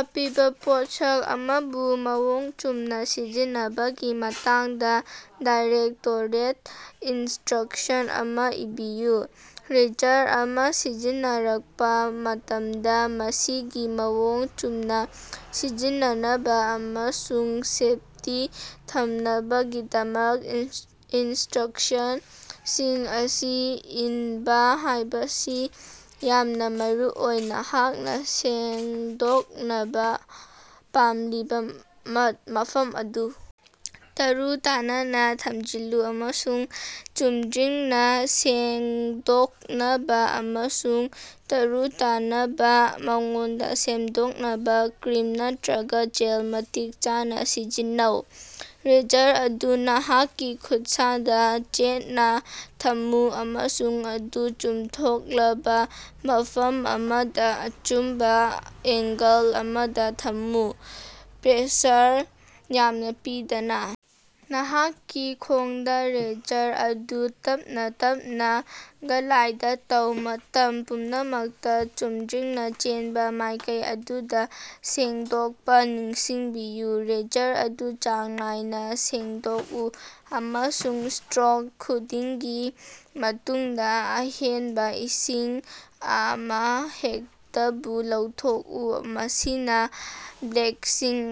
ꯑꯄꯤꯕꯥ ꯄꯣꯠꯁꯛ ꯑꯃꯕꯨ ꯃꯑꯣꯡ ꯆꯨꯝꯅꯥ ꯁꯤꯖꯤꯟꯅꯕꯒꯤ ꯃꯇꯥꯡꯗꯥ ꯗꯥꯏꯔꯦꯛꯇꯣꯔꯦꯠ ꯏꯟꯁꯇ꯭ꯔꯛꯁꯟ ꯑꯃꯥ ꯏꯕꯤꯌꯨ꯫ ꯔꯦꯖꯔ ꯑꯃꯥ ꯁꯤꯖꯤꯟꯅꯔꯛꯄꯥ ꯃꯇꯝꯗꯥ, ꯃꯁꯤꯒꯤ ꯃꯑꯣꯡ ꯆꯨꯝꯅꯥ ꯁꯤꯖꯤꯟꯅꯅꯕꯥ ꯑꯃꯁꯨꯡ ꯁꯦꯞꯇꯤ ꯊꯝꯅꯕꯒꯤꯗꯃꯛ ꯏꯟꯁꯇ꯭ꯔꯛꯁꯟꯁꯤꯡ ꯑꯁꯤ ꯏꯟꯕꯥ ꯍꯥꯏꯕꯁꯤ ꯌꯥꯝꯅꯥ ꯃꯔꯨꯑꯣꯏ꯫ ꯅꯍꯥꯛꯅꯥ ꯁꯦꯡꯗꯣꯛꯅꯕꯥ ꯄꯥꯝꯂꯤꯕꯥ ꯃꯐꯝ ꯑꯗꯨ ꯇꯔꯨ-ꯇꯅꯥꯟꯅꯥ ꯊꯝꯖꯤꯜꯂꯨ ꯑꯃꯁꯨꯡ ꯆꯨꯝꯗ꯭ꯔꯤꯡꯅꯥ ꯁꯦꯡꯗꯣꯛꯅꯕꯥ ꯑꯃꯁꯨꯡ ꯇꯔꯨ-ꯇꯅꯥꯟꯕꯥ ꯃꯑꯣꯡꯗꯥ ꯁꯦꯡꯗꯣꯛꯅꯕꯥ ꯀ꯭ꯔꯤꯝ ꯅꯠꯇ꯭ꯔꯒꯥ ꯖꯦꯜ ꯃꯇꯤꯛ ꯆꯥꯅꯥ ꯁꯤꯖꯤꯟꯅꯧ꯫ ꯔꯦꯖꯔ ꯑꯗꯨ ꯅꯍꯥꯛꯀꯤ ꯈꯨꯠꯁꯥꯗꯥ ꯆꯦꯠꯅꯥ ꯊꯝꯃꯨ ꯑꯃꯁꯨꯡ ꯃꯗꯨ ꯆꯨꯝꯊꯣꯛꯂꯕꯥ ꯃꯐꯝ ꯑꯃꯗꯥ ꯑꯆꯨꯝꯕꯥ ꯑꯦꯡꯒꯜ ꯑꯃꯗꯥ ꯊꯝꯃꯨ꯫ ꯄ꯭ꯔꯦꯁꯔ ꯌꯥꯝꯅꯥ ꯄꯤꯗꯅꯥ ꯅꯍꯥꯛꯀꯤ ꯈꯣꯡꯗꯥ ꯔꯦꯖꯔ ꯑꯗꯨ ꯇꯞꯅꯥ ꯇꯞꯅꯥ ꯒ꯭ꯂꯥꯏꯗ ꯇꯧ꯫ ꯃꯇꯝ ꯄꯨꯝꯅꯃꯛꯇꯥ ꯆꯨꯝꯗ꯭ꯔꯤꯡꯅꯥ ꯆꯦꯟꯕꯥ ꯃꯥꯏꯀꯩ ꯑꯗꯨꯗꯥ ꯁꯦꯡꯗꯣꯛꯄꯥ ꯅꯤꯡꯁꯤꯡꯕꯤꯌꯨ꯫ ꯔꯦꯖꯔ ꯑꯗꯨ ꯆꯥꯡ ꯅꯥꯏꯅꯥ ꯁꯦꯡꯗꯣꯛꯎ ꯑꯃꯁꯨꯡ ꯁ꯭ꯇꯔꯣꯛ ꯈꯨꯗꯤꯡꯒꯤ ꯃꯇꯨꯡꯗꯥ ꯑꯍꯦꯟꯕꯥ ꯏꯁꯤꯡ ꯑꯃꯍꯦꯛꯇꯕꯨ ꯂꯧꯊꯣꯛꯎ꯫ ꯃꯁꯤꯅꯥ ꯕ꯭ꯂꯦꯠꯁꯤꯡ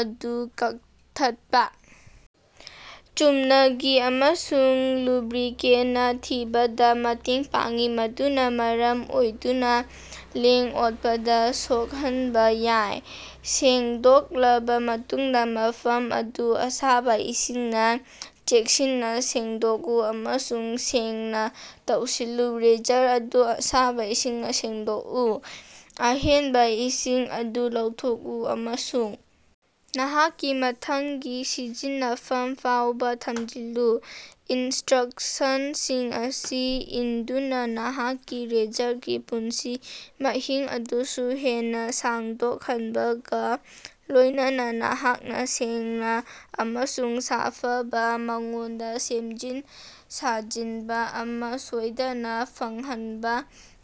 ꯑꯗꯨ ꯀꯛꯊꯠꯄꯥ ꯆꯨꯝꯅꯒꯤ ꯑꯃꯁꯨꯡ ꯂꯨꯕ꯭ꯔꯤꯀꯦꯟꯅꯥ ꯊꯤꯡꯕꯗꯥ ꯃꯇꯦꯡ ꯄꯥꯡꯏ, ꯃꯗꯨꯅꯥ ꯃꯔꯝ ꯑꯣꯏꯗꯨꯅꯥ ꯂꯦꯡ-ꯑꯣꯠꯄꯗꯥ ꯁꯣꯛꯍꯟꯕꯥ ꯌꯥꯏ꯫ ꯁꯦꯡꯗꯣꯛꯂꯕꯥ ꯃꯇꯨꯡꯗꯥ, ꯃꯐꯝ ꯑꯗꯨ ꯑꯁꯥꯕꯥ ꯏꯁꯤꯡꯅꯥ ꯆꯦꯛꯁꯤꯟꯅꯥ ꯁꯦꯡꯗꯣꯛꯎ ꯑꯃꯁꯨꯡ ꯁꯦꯡꯅꯥ ꯇꯧꯁꯤꯜꯂꯨ꯫ ꯔꯦꯖꯔ ꯑꯗꯨ ꯑꯁꯥꯕꯥ ꯏꯁꯤꯡꯅꯥ ꯁꯦꯡꯗꯣꯛꯎ, ꯑꯍꯦꯟꯕꯥ ꯏꯁꯤꯡ ꯑꯗꯨ ꯂꯧꯊꯣꯛꯎ ꯑꯃꯁꯨꯡ ꯅꯍꯥꯛꯀꯤ ꯃꯊꯪꯒꯤ ꯁꯤꯖꯤꯟꯅꯐꯝ ꯐꯥꯎꯕꯥ ꯊꯝꯖꯤꯜꯂꯨ꯫ ꯏꯟꯁꯇ꯭ꯔꯛꯁꯟꯁꯤꯡ ꯑꯁꯤ ꯏꯟꯗꯨꯅꯥ, ꯅꯍꯥꯛꯀꯤ ꯔꯦꯖꯔꯒꯤ ꯄꯨꯟꯁꯤ ꯃꯍꯤꯡ ꯑꯗꯨꯁꯨ ꯍꯦꯟꯅꯥ ꯁꯥꯡꯗꯣꯛꯍꯟꯕꯒꯥ ꯂꯣꯏꯅꯅꯥ ꯅꯍꯥꯛꯅꯥ ꯁꯦꯡꯅꯥ ꯑꯃꯁꯨꯡ ꯁꯥꯐꯕꯥ ꯃꯑꯣꯡꯗꯥ ꯁꯦꯝꯖꯤꯟ-ꯁꯥꯖꯤꯟꯕꯥ ꯑꯃꯥ ꯁꯣꯏꯗꯅꯥ ꯐꯪꯍꯟꯕꯥ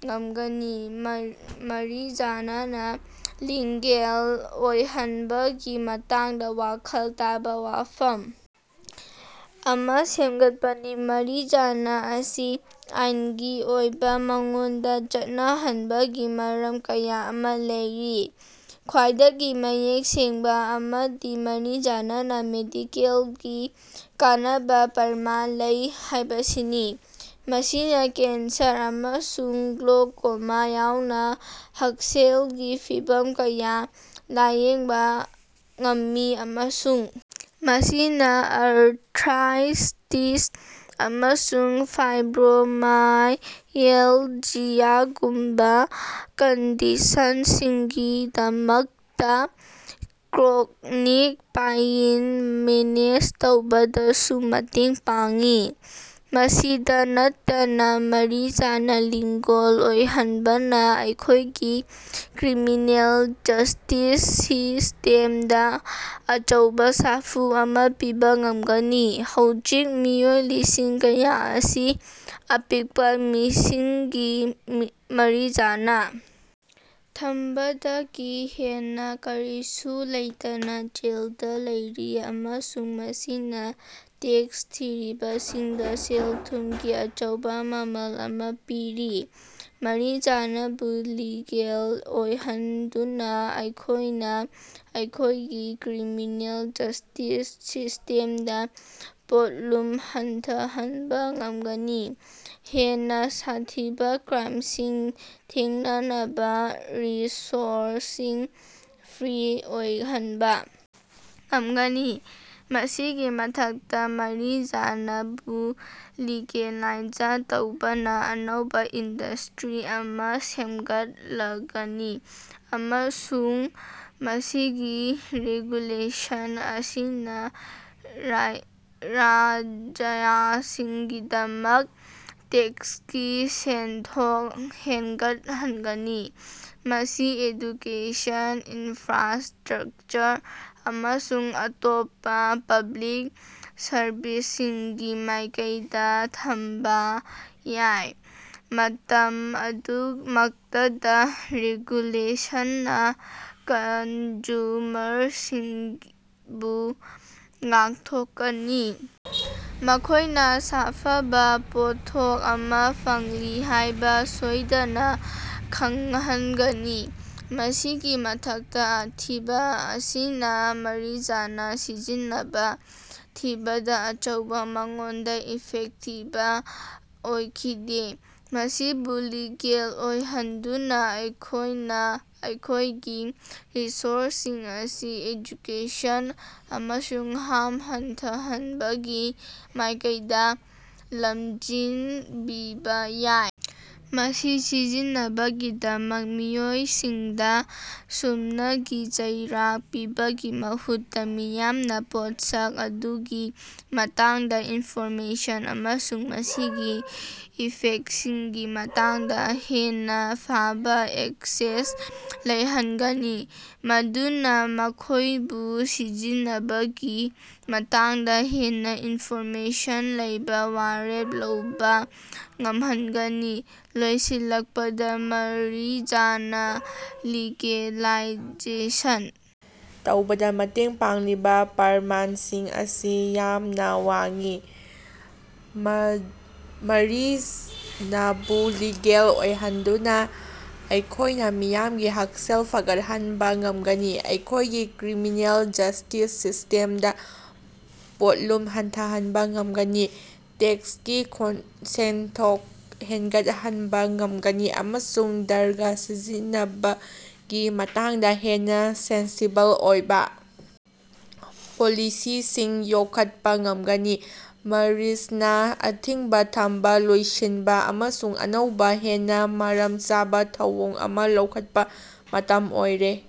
ꯉꯝꯒꯅꯤ꯫ ꯃꯔꯤꯖꯅꯥꯅ ꯂꯤꯒꯦꯜ ꯑꯣꯏꯍꯟꯕꯒꯤ ꯃꯇꯥꯡꯗꯥ ꯋꯥꯈꯜ ꯇꯥꯕꯥ ꯋꯥꯐꯝ ꯑꯃꯥ ꯁꯦꯝꯒꯠꯄꯥꯅꯤ꯫ ꯃꯔꯤꯖꯅꯥ ꯑꯁꯤ ꯑꯥꯏꯟꯒꯤ ꯑꯣꯏꯕꯥ ꯃꯑꯣꯡꯗꯥ ꯆꯠꯅꯍꯟꯕꯒꯤ ꯃꯔꯝ ꯀꯌꯥ ꯑꯃꯥ ꯂꯩꯔꯤ꯫ ꯈ꯭ꯋꯥꯏꯗꯒꯤ ꯃꯌꯦꯛ ꯁꯦꯡꯕꯥ ꯑꯃꯗꯤ ꯃꯔꯤꯖꯅꯥꯅ ꯃꯦꯗꯤꯀꯦꯜꯒꯤ ꯀꯥꯟꯅꯕꯥ ꯄ꯭ꯔꯃꯥꯟ ꯂꯩ ꯍꯥꯏꯕꯁꯤꯅꯤ: ꯃꯁꯤꯅꯥ ꯀꯦꯟꯁꯔ ꯑꯃꯁꯨꯡ ꯒ꯭ꯂꯣꯀꯣꯃꯥ ꯌꯥꯎꯅꯥ ꯍꯛꯁꯦꯜꯒꯤ ꯐꯤꯚꯝ ꯀꯌꯥ ꯂꯥꯌꯦꯡꯕꯥ ꯉꯝꯃꯤ ꯑꯃꯁꯨꯡ ꯃꯁꯤꯅꯥ ꯑꯔꯊ꯭ꯔꯥꯏꯇꯤꯁ ꯑꯃꯁꯨꯡ ꯐꯥꯏꯕ꯭ꯔꯣꯃꯥꯏꯑꯦꯜꯖꯤꯌꯥꯒꯨꯝꯕꯥ ꯀꯟꯗꯤꯁꯟꯁꯤꯡꯒꯤꯗꯃꯛꯇꯥ ꯀ꯭ꯔꯣꯅꯤꯛ ꯄꯦꯏꯟ ꯃꯦꯅꯦꯖ ꯇꯧꯕꯗꯁꯨ ꯃꯇꯦꯡ ꯄꯥꯡꯏ꯫ ꯃꯁꯤꯗꯥ ꯅꯠꯇꯅꯥ, ꯃꯔꯤꯖꯅꯥ ꯂꯤꯒꯦꯜ ꯑꯣꯏꯍꯟꯕꯅꯥ ꯑꯩꯈꯣꯏꯒꯤ ꯀ꯭ꯔꯤꯃꯤꯅꯦꯜ ꯖꯁꯇꯤꯁ ꯁꯤꯁꯇꯦꯝꯗꯥ ꯑꯆꯧꯕꯥ ꯁꯥꯐꯨ ꯑꯃꯥ ꯄꯤꯕꯥ ꯉꯝꯒꯅꯤ꯫ ꯍꯧꯖꯤꯛ ꯃꯤꯑꯣꯏ ꯂꯤꯁꯤꯡ ꯀꯌꯥ ꯑꯁꯤ ꯑꯄꯤꯛꯄꯥ ꯃꯤꯁꯤꯡꯒꯤ ꯃꯔꯤꯖꯅꯥ ꯊꯝꯕꯗꯒꯤ ꯍꯦꯟꯅꯥ ꯀꯔꯤꯁꯨ ꯂꯩꯇꯅꯥ ꯖꯦꯜꯗꯥ ꯂꯩꯔꯤ ꯑꯃꯁꯨꯡ ꯃꯁꯤꯅꯥ ꯇꯦꯛꯁ ꯊꯤꯔꯤꯕꯁꯤꯡꯗꯥ ꯁꯦꯜ-ꯊꯨꯝꯒꯤ ꯑꯆꯧꯕꯥ ꯃꯃꯜ ꯑꯃꯥ ꯄꯤꯔꯤ꯫ ꯃꯔꯤꯖꯅꯥꯕꯨ ꯂꯤꯒꯦꯜ ꯑꯣꯏꯍꯟꯗꯨꯅꯥ ꯑꯩꯈꯣꯏꯅꯥ ꯑꯩꯈꯣꯏꯒꯤ ꯀ꯭ꯔꯤꯃꯤꯅꯦꯜ ꯖꯁꯇꯤꯁ ꯁꯤꯁꯇꯦꯝꯗꯥ ꯄꯣꯠꯂꯨꯝ ꯍꯟꯊꯍꯟꯕꯥ ꯉꯝꯒꯅꯤ, ꯍꯦꯟꯅꯥ ꯁꯥꯊꯤꯕꯥ ꯀ꯭ꯔꯥꯏꯝꯁꯤꯡ ꯊꯦꯡꯅꯅꯕꯥ ꯔꯤꯁꯣꯔꯁꯁꯤꯡ ꯐ꯭ꯔꯤ ꯑꯣꯏꯍꯟꯕꯥ ꯉꯝꯒꯅꯤ꯫ ꯃꯁꯤꯒꯤ ꯃꯊꯛꯇꯥ, ꯃꯔꯤꯖꯅꯥꯕꯨ ꯂꯤꯒꯦꯂꯥꯏꯖ ꯇꯧꯕꯅꯥ ꯑꯅꯧꯕꯥ ꯏꯟꯗꯁꯇ꯭ꯔꯤ ꯑꯃꯥ ꯁꯦꯝꯒꯠꯂꯒꯅꯤ ꯑꯃꯁꯨꯡ ꯃꯁꯤꯒꯤ ꯔꯦꯒꯨꯂꯦꯁꯟ ꯑꯁꯤꯅꯥ ꯔꯥꯖ꯭ꯌꯁꯤꯡꯒꯤꯗꯃꯛꯇꯥ ꯇꯦꯛꯁꯀꯤ ꯁꯦꯟꯊꯣꯛ ꯍꯦꯟꯒꯠꯍꯟꯒꯅꯤ꯫ ꯃꯁꯤ ꯑꯦꯖꯨꯀꯦꯁꯟ, ꯏꯅꯐ꯭ꯔꯥꯁꯇ꯭ꯔꯛꯆꯔ ꯑꯃꯁꯨꯡ ꯑꯇꯣꯞꯄꯥ ꯄꯕ꯭ꯂꯤꯛ ꯁꯔꯕꯤꯁꯁꯤꯡꯒꯤ ꯃꯥꯏꯀꯩꯗꯥ ꯊꯝꯕꯥ ꯌꯥꯏ꯫ ꯃꯇꯝ ꯑꯗꯨꯃꯛꯇꯗꯥ, ꯔꯦꯒꯨꯂꯦꯁꯟꯅꯥ ꯀꯟꯖꯨꯃꯔꯁꯤꯡꯕꯨ ꯉꯥꯛꯊꯣꯛꯀꯅꯤ, ꯃꯈꯣꯏꯅꯥ ꯁꯥꯐꯕꯥ ꯄꯣꯠꯊꯣꯛ ꯑꯃꯥ ꯐꯪꯂꯤ ꯍꯥꯏꯕꯥ ꯁꯣꯏꯗꯅꯥ ꯈꯪꯍꯟꯒꯅꯤ꯫ ꯃꯁꯤꯒꯤ ꯃꯊꯛꯇꯥ, ꯑꯊꯤꯡꯕꯥ ꯑꯁꯤꯅꯥ ꯃꯔꯤꯖꯅꯥ ꯁꯤꯖꯤꯟꯅꯕꯥ ꯊꯤꯡꯕꯗꯥ ꯑꯆꯧꯕꯥ ꯃꯑꯣꯡꯗꯥ ꯏꯐꯦꯛꯇꯤꯕ ꯑꯣꯏꯈꯤꯗꯦ꯫ ꯃꯁꯤꯕꯨ ꯂꯤꯒꯦꯜ ꯑꯣꯏꯍꯟꯗꯨꯅꯥ ꯑꯩꯈꯣꯏꯅꯥ ꯑꯩꯈꯣꯏꯒꯤ ꯔꯤꯁꯣꯔꯁꯁꯤꯡ ꯑꯁꯤ ꯑꯦꯖꯨꯀꯦꯁꯟ ꯑꯃꯁꯨꯡ ꯍꯥꯝ ꯍꯟꯊꯍꯟꯕꯒꯤ ꯃꯥꯏꯀꯩꯗꯥ ꯂꯝꯖꯤꯡꯕꯤꯕꯥ ꯌꯥꯏ, ꯃꯁꯤ ꯁꯤꯖꯤꯟꯅꯕꯒꯤꯗꯃꯛ ꯃꯤꯑꯣꯏꯁꯤꯡꯗꯥ ꯁꯨꯞꯅꯒꯤ ꯆꯩꯔꯥꯛ ꯄꯤꯕꯒꯤ ꯃꯍꯨꯠꯇꯥ, ꯃꯤꯌꯥꯝꯅꯥ ꯄꯣꯠꯁꯛ ꯑꯗꯨꯒꯤ ꯃꯇꯥꯡꯗꯥ ꯏꯟꯐꯣꯔꯃꯦꯁꯟ ꯑꯃꯁꯨꯡ ꯃꯁꯤꯒꯤ ꯏꯐꯦꯛꯁꯤꯡꯒꯤ ꯃꯇꯥꯡꯗꯥ ꯍꯦꯟꯅꯥ ꯐꯕꯥ ꯑꯦꯛꯁꯦꯁ ꯂꯩꯍꯟꯒꯅꯤ, ꯃꯗꯨꯅꯥ ꯃꯈꯣꯏꯕꯨ ꯁꯤꯖꯤꯟꯅꯕꯒꯤ ꯃꯇꯥꯡꯗꯥ ꯍꯦꯟꯅꯥ ꯏꯟꯐꯣꯔꯃꯦꯁꯟ ꯂꯩꯕꯥ ꯋꯥꯔꯦꯞ ꯂꯧꯕꯥ ꯉꯝꯍꯟꯒꯅꯤ꯫ ꯂꯣꯏꯁꯤꯜꯂꯛꯄꯗꯥ, ꯃꯔꯤꯖꯅꯥ ꯂꯤꯒꯦꯂꯥꯏꯖꯦꯁꯟ ꯇꯧꯕꯗꯥ ꯃꯇꯦꯡ ꯄꯥꯡꯂꯤꯕꯥ ꯄ꯭ꯔꯃꯥꯟꯁꯤꯡ ꯑꯁꯤ ꯌꯥꯝꯅꯥ ꯋꯥꯡꯏ꯫ ꯃꯔꯤꯖꯅꯥꯕꯨ ꯂꯤꯒꯦꯜ ꯑꯣꯏꯍꯟꯗꯨꯅꯥ ꯑꯩꯈꯣꯏꯅꯥ ꯃꯤꯌꯥꯝꯒꯤ ꯍꯛꯁꯦꯜ ꯐꯒꯠꯍꯟꯕꯥ ꯉꯝꯒꯅꯤ, ꯑꯩꯈꯣꯏꯒꯤ ꯀ꯭ꯔꯤꯃꯤꯅꯦꯜ ꯖꯁꯇꯤꯁ ꯁꯤꯁꯇꯦꯝꯗꯥ ꯄꯣꯠꯂꯨꯝ ꯍꯟꯊꯍꯟꯕꯥ ꯉꯝꯒꯅꯤ, ꯇꯦꯛꯁꯀꯤ ꯁꯦꯟꯊꯣꯛ ꯍꯦꯟꯒꯠꯍꯟꯕꯥ ꯉꯝꯒꯅꯤ ꯑꯃꯁꯨꯡ ꯗ꯭ꯔꯒ ꯁꯤꯖꯤꯟꯅꯕꯒꯤ ꯃꯇꯥꯡꯗꯥ ꯍꯦꯟꯅꯥ ꯁꯦꯟꯁꯤꯕꯜ ꯑꯣꯏꯕꯥ ꯄꯣꯂꯤꯁꯤꯁꯤꯡ ꯌꯣꯛꯈꯠꯄꯥ ꯉꯝꯒꯅꯤ꯫ ꯃꯔꯤꯖꯅꯥ ꯑꯊꯤꯡꯕꯥ ꯊꯝꯕꯥ ꯂꯣꯏꯁꯤꯟꯕꯥ ꯑꯃꯁꯨꯡ ꯑꯅꯧꯕꯥ ꯍꯦꯟꯅꯥ ꯃꯔꯝ ꯆꯥꯕꯥ ꯊꯧꯑꯣꯡ ꯑꯃꯥ ꯂꯧꯈꯠꯄꯥ ꯃꯇꯝ ꯑꯣꯏꯔꯦ꯫